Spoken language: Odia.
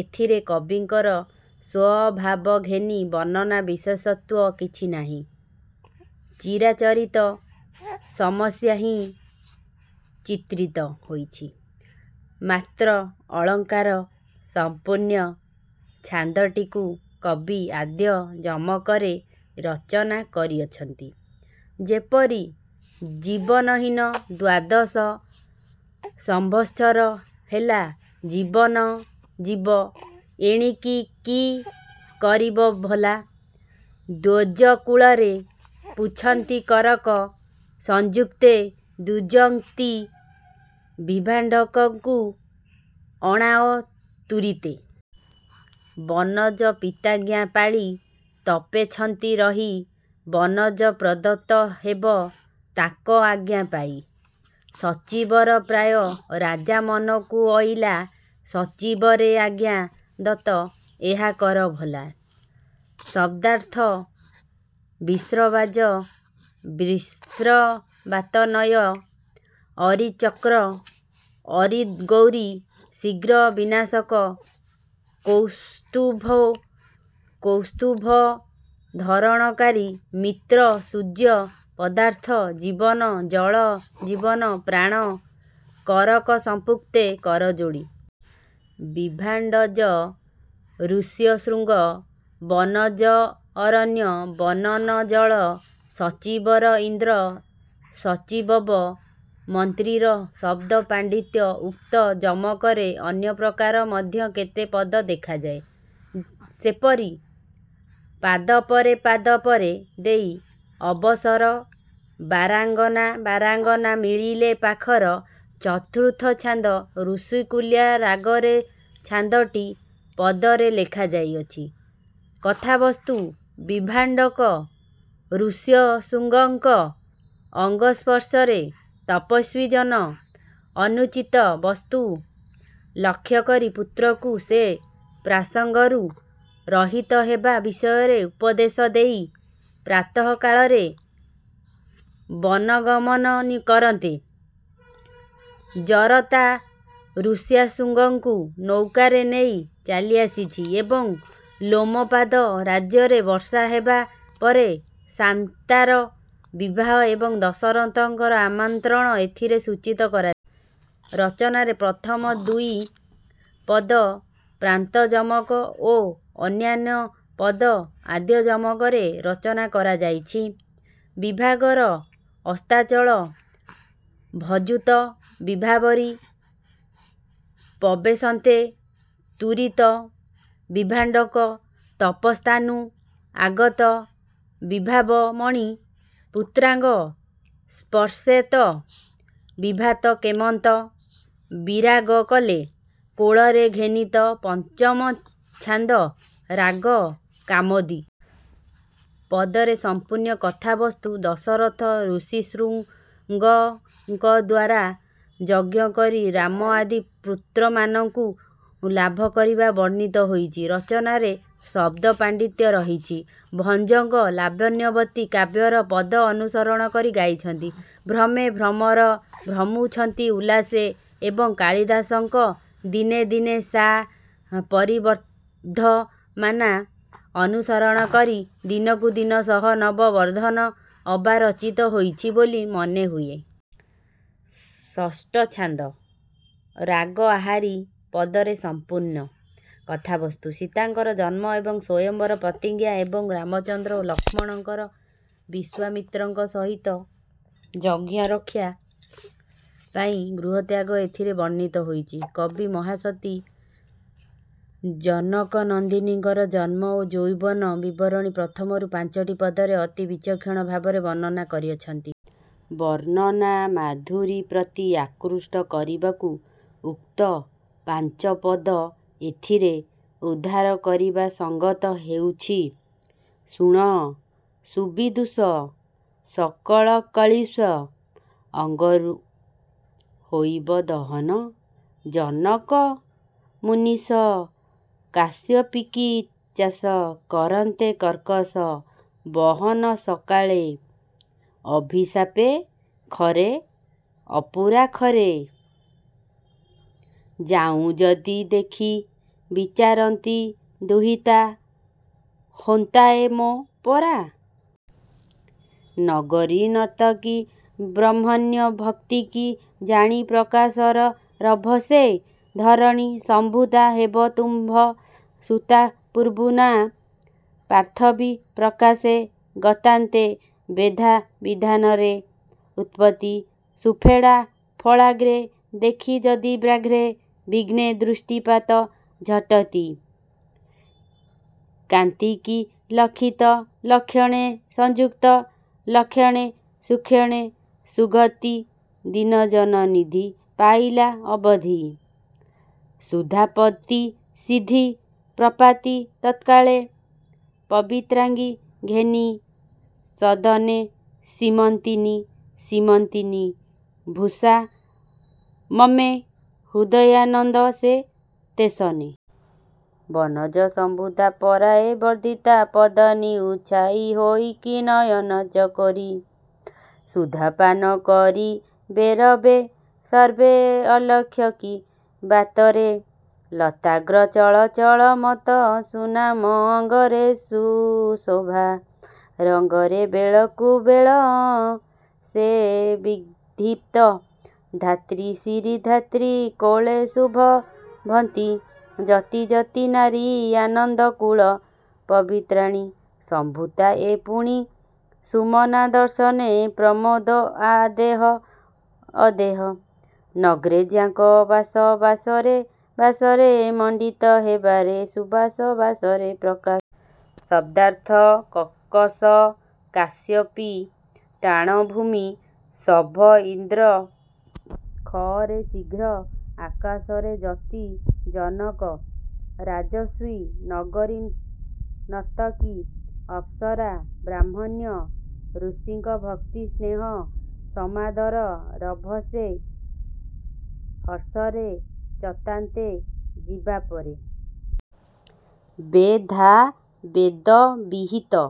ଏଥିରେ କବିଙ୍କର ସ୍ୱଭାବଘେନି ବର୍ଣ୍ଣନା ବିଶେଷତ୍ୱ କିଛି ନାହିଁ। ଚିରାଚରିତ ସମସ୍ୟା ହିଁ ଚିତ୍ରିତ ହୋଇଛି ମାତ୍ର। ଅଳଙ୍କାର-ସଂପୂର୍ଣ୍ଣ ଛାନ୍ଦଟିକୁ କବି ଆଦ୍ୟ ଯମକରେ ରଚନା କରିଅଛନ୍ତି। ଯେପରି- ଜୀବନହୀନ ଦ୍ୱାଦଶ ସମ୍ୱତ୍ସର ହେଲା ଜୀବନ ଯିବ ଏଣିକି କି କରିବ ଭଲା। ଦ୍ୱିଜକୁଳରେ ପୁଚ୍ଛନ୍ତି କରକ ସଂଯୁକ୍ତେ ଦ୍ୱିଜୋକ୍ତି ବିଭାଣ୍ଡକକୁ ଅଣାଅ ତୁରିତେ। ବନଜ ପିତାଜ୍ଞା ପାଳି ତପେଛନ୍ତି ରହି ବନଜ ପ୍ରଦତ୍ତ ହେବ ତାଙ୍କ ଆଜ୍ଞା ପାଇ। ଶଚିବର ପ୍ରାୟ ରାଜା ମନକୁ ଅଇଲା ସଚୀବରେ ଆଜ୍ଞାଦତ୍ତ ଏହା କର ଭଲା। ଶବ୍ଦାର୍ଥ। ବିଶ୍ରବାଜ-ବିଶ୍ରବାତନୟ। ଅରି-ଚକ୍ର। ଅରି-ବୈରୀ, ଶୀଘ୍ର ବିନାଶକ। କୌସ୍ତ୍ୱଭୂ-କୌସ୍ତୁଭଧାରଣକାରୀ। ମିତ୍ର-ସୂର୍ଯ୍ୟ। ଶବ୍ଦାର୍ଥ। ଜୀବନ-ଜଳ। ଜୀବନ-ପ୍ରାଣ। କରକ ସଂପୁକ୍ତେ-କରଯୋଡ଼ି। ବିଭାଣ୍ଡଜ-ଋଷ୍ୟଶୃଙ୍ଗ। ବନଜ-ଅରଣ୍ୟ। ବନନ-ଜଳ। ଶଚିବର-ଇନ୍ଦ୍ର। ସଚୀବବ- ମନ୍ତ୍ରୀର। ଶବ୍ଦ ପାଣ୍ଡିତ୍ୟ- ଉକ୍ତ ଯମକରେ ଅନ୍ୟ ପ୍ରକାର ମଧ୍ୟ କେତେ ପଦ ଦେଖାଯାଏ। ସେପରି- ପାଦପରେ ପାଦପରେ ଦେଇ ଅପସର ବାରାଙ୍ଗନା ବାରାଙ୍ଗନା ମିଳିଲେ ପାଖର। ଚତୁର୍ଥ ଛାନ୍ଦ-ରସକୁଲ୍ୟା ରାଗରେ ଛାନ୍ଦଟି ପଦରେ ଲେଖା ଯାଇଅଛି। କଥାବସ୍ତୁ-ବିଭାଣ୍ଡକ ଋଷ୍ୟଶୃଙ୍ଗଙ୍କ ଅଙ୍ଗସ୍ପର୍ଶରେ ତପସ୍ୱୀଜନ ଅନୁଚିତ ବସ୍ତୁ ଲକ୍ଷ୍ୟ କରି ପୁତ୍ରକୁ ସେ ପ୍ରସଙ୍ଗରୁ ରହିତ ହେବା ବିଷୟରେ ଉପଦେଶ ଦେଇ ପ୍ରାତଃକାଳରେ ବନଗମନ କରନ୍ତେ, ଜରତା ୠଷ୍ୟଶୃଙ୍ଗଙ୍କୁ ନୌକାରେ ନେଇ ଚାଲିଆସିଛି ଏବଂ ଲୋମପାଦ ରାଜ୍ୟରେ ବର୍ଷା ହେବା ପରେ ଶାନ୍ତାର ବିବାହ ଏବଂ ଦଶରଥଙ୍କର ଆମନ୍ତ୍ରଣ ଏଥିରେ ସୂଚିତ କରାଯାଇଛି। ରଚନାରେ ପ୍ରଥମ ଦୁଇ ପଦ ପ୍ରାନ୍ତଯମକ ଓ ଅନ୍ୟାନ୍ୟ ପଦ ଆଦ୍ୟ ଯମକରେ ରଚନା କରାଯାଇଛି। ବିଭାକର ଅସ୍ତାଚଳ ଭଜୁତ ବିଭାବରୀ ପବେଶନ୍ତେ ତୁରିତ ବିଭାଣ୍ଡକ ତପସ୍ଥାନୁ ଆଗତ ବିଭାବ ମଣି ପୁତ୍ରାଙ୍ଗ ସ୍ପର୍ଶେତ। ବିଭାତ କେମନ୍ତ ବିରାଗ କଲେ କୋଳରେ ଘେନିତ। ପଞ୍ଚମ ଛାନ୍ଦ-ରାଗ କାମୋଦି। ପଦରେ ସମ୍ପୂର୍ଣ୍ଣ। କଥାବସ୍ତୁ- ଦଶରଥ ଋଷ୍ୟଶୃଙ୍ଗଙ୍କଦ୍ୱାରା ଯଜ୍ଞ କରି ରାମ ଆଦି ପୁତ୍ରମାନଙ୍କୁ ଲାଭ କରିବା ବର୍ଣ୍ଣିତ ହୋଇଛି। ରଚନାରେ ଶବ୍ଦପାଣ୍ଡିତ୍ୟ ରହିଛି। ଭଞ୍ଜଙ୍କ ଲାବଣ୍ୟବତୀ କାବ୍ୟର ପଦ ଅନୁସରଣ କରି ଗାଇଛନ୍ତି- ''ଭ୍ରମେ ଭ୍ରମର ଭ୍ରମୁଛନ୍ତି ଉଲ୍ଲାସେ" ଏବଂ କାଳିଦାସଙ୍କ ''ଦିନେ ଦିନେ ସା ପରିବର୍ଦ୍ଧମାନା"ଅନୁସରଣ କରି ''ଦିନକୁ ଦିନ ସହ ନବ ବର୍ଦ୍ଧନ" ଅବା ରଚିତ ହୋଇଛି ବୋଲି ମନେ ହୁଏ। ଷଷ୍ଠ ଛାନ୍ଦ-ରାଗ ଆହାରୀ। ପଦରେ ସଂପୂର୍ଣ୍ଣ। କଥାବସ୍ତୁ-ସୀତାଙ୍କର ଜନ୍ମ ଏବଂ ସ୍ୱୟଂମ୍ବର ପ୍ରତିଜ୍ଞା ଏବଂ ରାମଚନ୍ଦ୍ର ଓ ଲକ୍ଷ୍ମଣଙ୍କର ବିଶ୍ୱାମିତ୍ରଙ୍କ ସହିତ ଯଜ୍ଞରକ୍ଷା ପାଇଁ ଗୃହତ୍ୟାଗ ଏଥିରେ ବର୍ଣ୍ଣିତ ହୋଇଛି। କବି ମହାସତୀ ଜନକନନ୍ଦିନୀଙ୍କର ଜନ୍ମ ଓ ଯୌବନ ବିବରଣୀ ପ୍ରଥମରୁ ପାଞ୍ଚଟି ପଦରେ ଅତି ବିଚକ୍ଷଣ ଭାବରେ ବର୍ଣ୍ଣନା କରିଅଛନ୍ତି। ବର୍ଣ୍ଣନାମାଧୁରୀ ପ୍ରତି ଆକୃଷ୍ଟ କରିବାକୁ ଉକ୍ତ ପାଞ୍ଚପଦ ଏଥିରେ ଉଦ୍ଧାର କରିବା ସଙ୍ଗତ ହେଉଛି- ''ଶୁଣ ସୁବିଦୁଷ ସକଳ କଳ୍ବିଷ ଅଙ୍ଗରୁ ହୋଇବ ଦହନ ଜନକ ମୁନୀଶ କାଶ୍ୟପୀକି ଚାଷ କରନ୍ତେ କର୍କଶ ବହନ ସକାଳେ, ସଭିଶାପେ ଖରେ ଅପୁରା ଖରେ ଯାଉଁ ଯତି ଦେଖି ବିଚାରନ୍ତି ଦୁହିତା ହୋନ୍ତାଏ ମୋ ପରା। ନଗରୀନର୍ତ୍ତକୀ ବ୍ରହ୍ମଣ୍ୟ ଭକ୍ତିକି ଜାଣି ପ୍ରକାଶର ରଭସେ ଧରଣୀ ସମ୍ଭୂତା ହେବ ତୁମ୍ଭ ସୁତା ପୂର୍ବୁ ନାଁ ପାର୍ଥବୀ ପ୍ରକାଶେ ଗତାନ୍ତେ। ବେଧା ବିଧାନରେ ଉତ୍ପତ୍ତି ସୁଫେଡ଼ା ଫଳାଗ୍ରେ ଦେଖି ଯତି ବ୍ୟଗ୍ରେ ବିଘ୍ନେ ଦୃଷ୍ଟିପାତ ଝଟତି। କାନ୍ତିକି ଲକ୍ଷିତ ଲକ୍ଷଣେ ସଂଯୁକ୍ତ ଲକ୍ଷଣେ ସୁକ୍ଷେଣ ସୁଗତି ଦୀନଜନ ନିଧି ପାଇଲା ଅବଧି ସୁଧାପତି ସିଦ୍ଧି ପ୍ରାପତି ତତ୍କାଳେ, ପବିତ୍ରାଙ୍ଗି ଘେନି ସଦନେ ସୀମନ୍ତିନୀ-ସୀମନ୍ତିନୀ ଭୂଷା ମମ୍ମେ 'ହୃଦୟାନନ୍ଦ ସେ ତେସନେ। ବନଜସମ୍ଭୂତା ପରାୟେ ବର୍ଦ୍ଧିତା ପଦ ନିଉଛାଇ ହୋଇକି ନୟନ ଚକୋରୀ ସୁଧା ପାନକରି ବେରବେ ସର୍ବେ ଅଲକ୍ଷକି ବାତରେ, ଲତାଗ୍ର ଚଳଚଳ ମତ ସୁମନା ଅଙ୍ଗରେ ସୁଶୋଭା ରଙ୍ଗରେ ବେଳକୁ ବେଳ ସେ ବିଦୀପ୍ତ। ଧାତ୍ରୀ ଶିରୀ ଧାତ୍ରୀ କୋଳେ ସୁଶୋଭନ୍ତି ଯତି ଯତି ନାରୀ ଆନନ୍ଦ କୂଳ ପବିତ୍ରାଣୀ ସମ୍ଭୂତା ଏ ପୁଣି ସୁମନା ଦର୍ଶନେ ପ୍ରମୋଦ ଅଦେହ, ଅଦେହ ନଗ୍ରେ ଯାଙ୍କ ବାସ ବାସରେ ବାସରେ ମଣ୍ଡିତ ହେବାରେ ସୁବାସ ବାସରେ ପ୍ରକାଶ। ଶଦ୍ଦାର୍ଥ। କକଶ କାଶ୍ୟପୀ - ଟାଣଭୂମି। ସଭ - ଇନ୍ଦ୍ର। 'ଖ' ରେ - ଶୀଘ୍ର, ଆକାଶରେ। ଯତି - ଜନକ ରାଜର୍ଷି। ନଗରୀନର୍ତ୍ତକୀ - ଅପ୍ସରା। ବ୍ରାହ୍ମଣ୍ୟ - ଋଷିଙ୍କ। ଭକ୍ତି - ସ୍ନେହ, ସମାଦର। ରଭସେ - ହର୍ଷରେ। ଚତାନ୍ତେ - ଯିବାପରେ। ବେଧା - ବେଦବିହିତ।